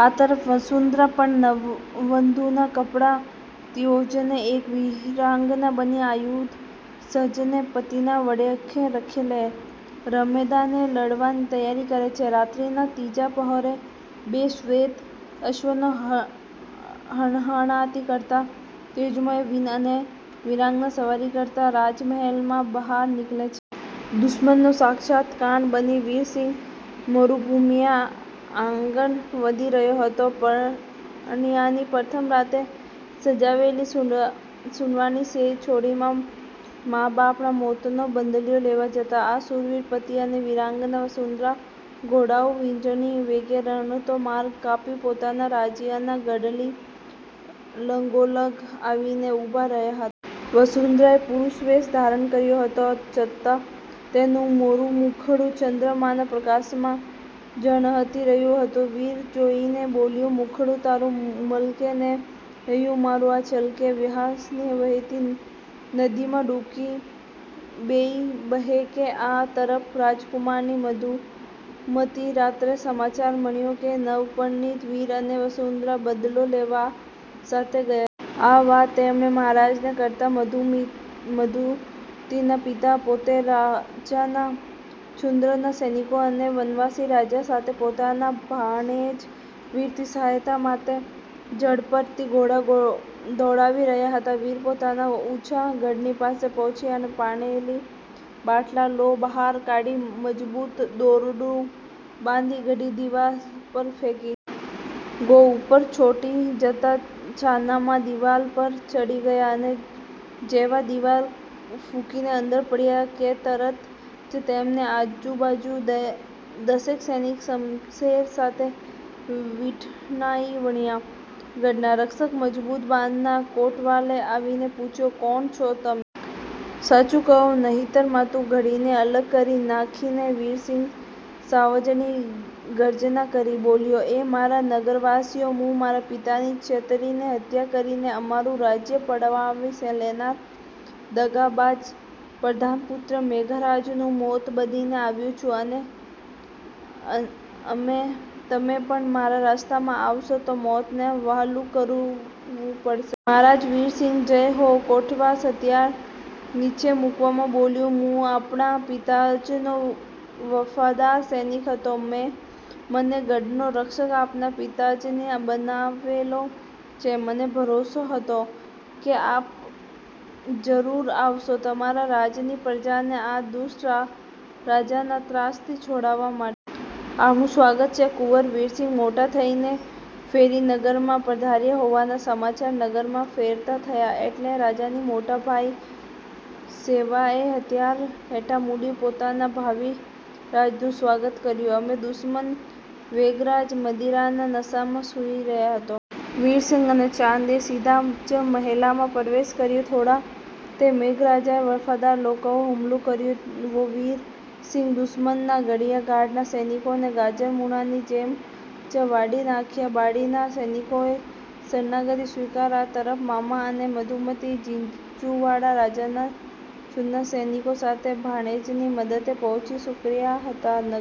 આ તરફ વસુંધરા પણ નવવધૂના કપડાં ત્યજીને એક વીરાંગના બની આયુધ સજીને પતિના પડખે રહીને રણમેદાને લડવાની તૈયારી કરે છે. રાત્રીના ત્રીજા પહોરે બે શ્વેત અશ્વો હણહણાતી કરતાં તેજોમય વીર અને વીરાંગના સવારી કરતાં રાજમહેલની બહાર નીકળે છે. દુશ્મનોનો સાક્ષાત કાળ બની વીરસિંહ મરુભૂમિમાં આગળ વધી રહયો હતો. પરણ્યાની પ્રથમ રાતે સજાવેલી સુંવાળી સેજ છોડીને મા બાપનાં મોતનો બદલો લેવા જતાં આ શૂરવીર પતિ અને વીરાંગના વસુંધરાનાં ઘોડાઓ વીજળી વેગે રણનો માર્ગ કાપી પોતાનાં રાજ્યનાં ગઢની લગોલગ આવીને ઊભાં રહ્યાં હતાં. વસુંધરાએ પુરુષવેશ ધારણ કર્યોં હોવા છતાં તેનું ગોરું મુખડું ચન્દ્રમાંના પ્રકાશમાં ઝળહળી રહ્યુ હતું. વીર જોઈને બોલ્યો,"મુખડું તારુ મલકે, ને હૈયું મારુ આ છલકે વ્હાલની વહેતી નદીમાં ડૂબીને બેઉં બહેકે." આ તરફ રાજકુમારી મધુમતીને રાત્રે સમાચાર મળ્યાં કે નવપરણિત વીર અને વસુંધરા બદલો લેવા સાથે ગયાં છે. આ વાત તેમણે મહારાજને કરતાં મધુમતીના પિતા પોતે રાજનાં ચુનંદા સૈનિકો અને વનવાસી રાજા સાથે પોતાનાં ભાણેજ વીરની સહાયતા માટે ઝડપથી ઘોડા દોડાવી રહ્યાં હતાં. વીર પોતાનાં ઊંચા ગઢની પાસે પહોંચી પાળેલી પાટલા ઘો બહાર કાઢી મજબૂત દોરડું બાંધી ગઢની દીવાલ પર ફેંકી. ઘો ઉપર ચોંટી જતાં છાનાંમાના દીવાલ પર ચડી ગયાં અને જેવાં દીવાલ કૂદીને અંદર પડ્યાં કે તરત જ તેમની આજુબાજુ દશેક સૈનિકો શમશેર સાથે વીંટળાઈ વળ્યાં. ગઢનાં રક્ષક મજબૂત બાંધાના કોટવાલે આવીને પૂછ્યું,"કોણ છો તમે? સાચું કહો, નહીતર માથું ઘડીને અલગ કરી નાખીશ." વીરસિંહ સાવજની ગર્જના કરીને બોલ્યો,"હે મારાં નગરવાસીઓ હું મારાં પિતાની છેતરીને હત્યા કરીને અમારું રાજ્ય પડાવી લેનાર દગાબાજ પ્રધાનપુત્ર મેઘરાજનું મોત બનીને આવ્યો છું. અને તમે પણ મારાં રસ્તામાં આવશો તો મોતને વહાલું કરવું પડશે." "મહારાજ વીરસિંહની જય હો." કોટવાલ હથિયાર નીચે મૂકતાં બોલ્યો,"હું આપણા પિતાજીનો વફાદાર સૈનિક હતો, મને ગઢનો રક્ષક આપનાં પિતાજીએ બનાવેલો છે. મને ભરોસો હતો કે આપ જરૂર આવશો, તમારાં રાજની પ્રજાને આ દુષ્ટ રાજાનાં ત્રાસથી છોડાવવા માટે. આપનું સ્વાગત છે." કુંવર વીરસિંહ મોટા થઈને ફરી નગરમાં પધાર્યા હોવાના સમાચાર નગરમાં ફરતાં થયાં એટલે રાજની મોટાભાગની સેનાએ હથિયાર હેઠા મૂકી પોતાનાં ભાવી રાજાનું સ્વાગત કર્યુ. હવે દુશ્મન મેઘરાજ મદિરાના નશામાં સુઈ રહયો હતો. વીરસિંહ અને ચાંદ એ સીધાં જ મહેલમાં પ્રવેશ કર્યોં, થોડાં તે મેઘરાજનાં વફાદાર લોકોએ હુમલો કર્યોં તો વીરસિંહે દુશ્મનનાં ગણ્યાં ગાંઠ્યા સૈનિકોને ગાજર મૂળાની જેમ જ વાઢી નાખ્યાં. બાકીનાં સૈનિકોએ શરણાગતિ સ્વીકારી. આ તરફ મામા અને મધુમતી ઝીંઝુવાડા રાજનાં ચુનંદા સૈનિકો સાથે ભાણેજની મદદે પહોંચી ચુક્યા હતાં નગર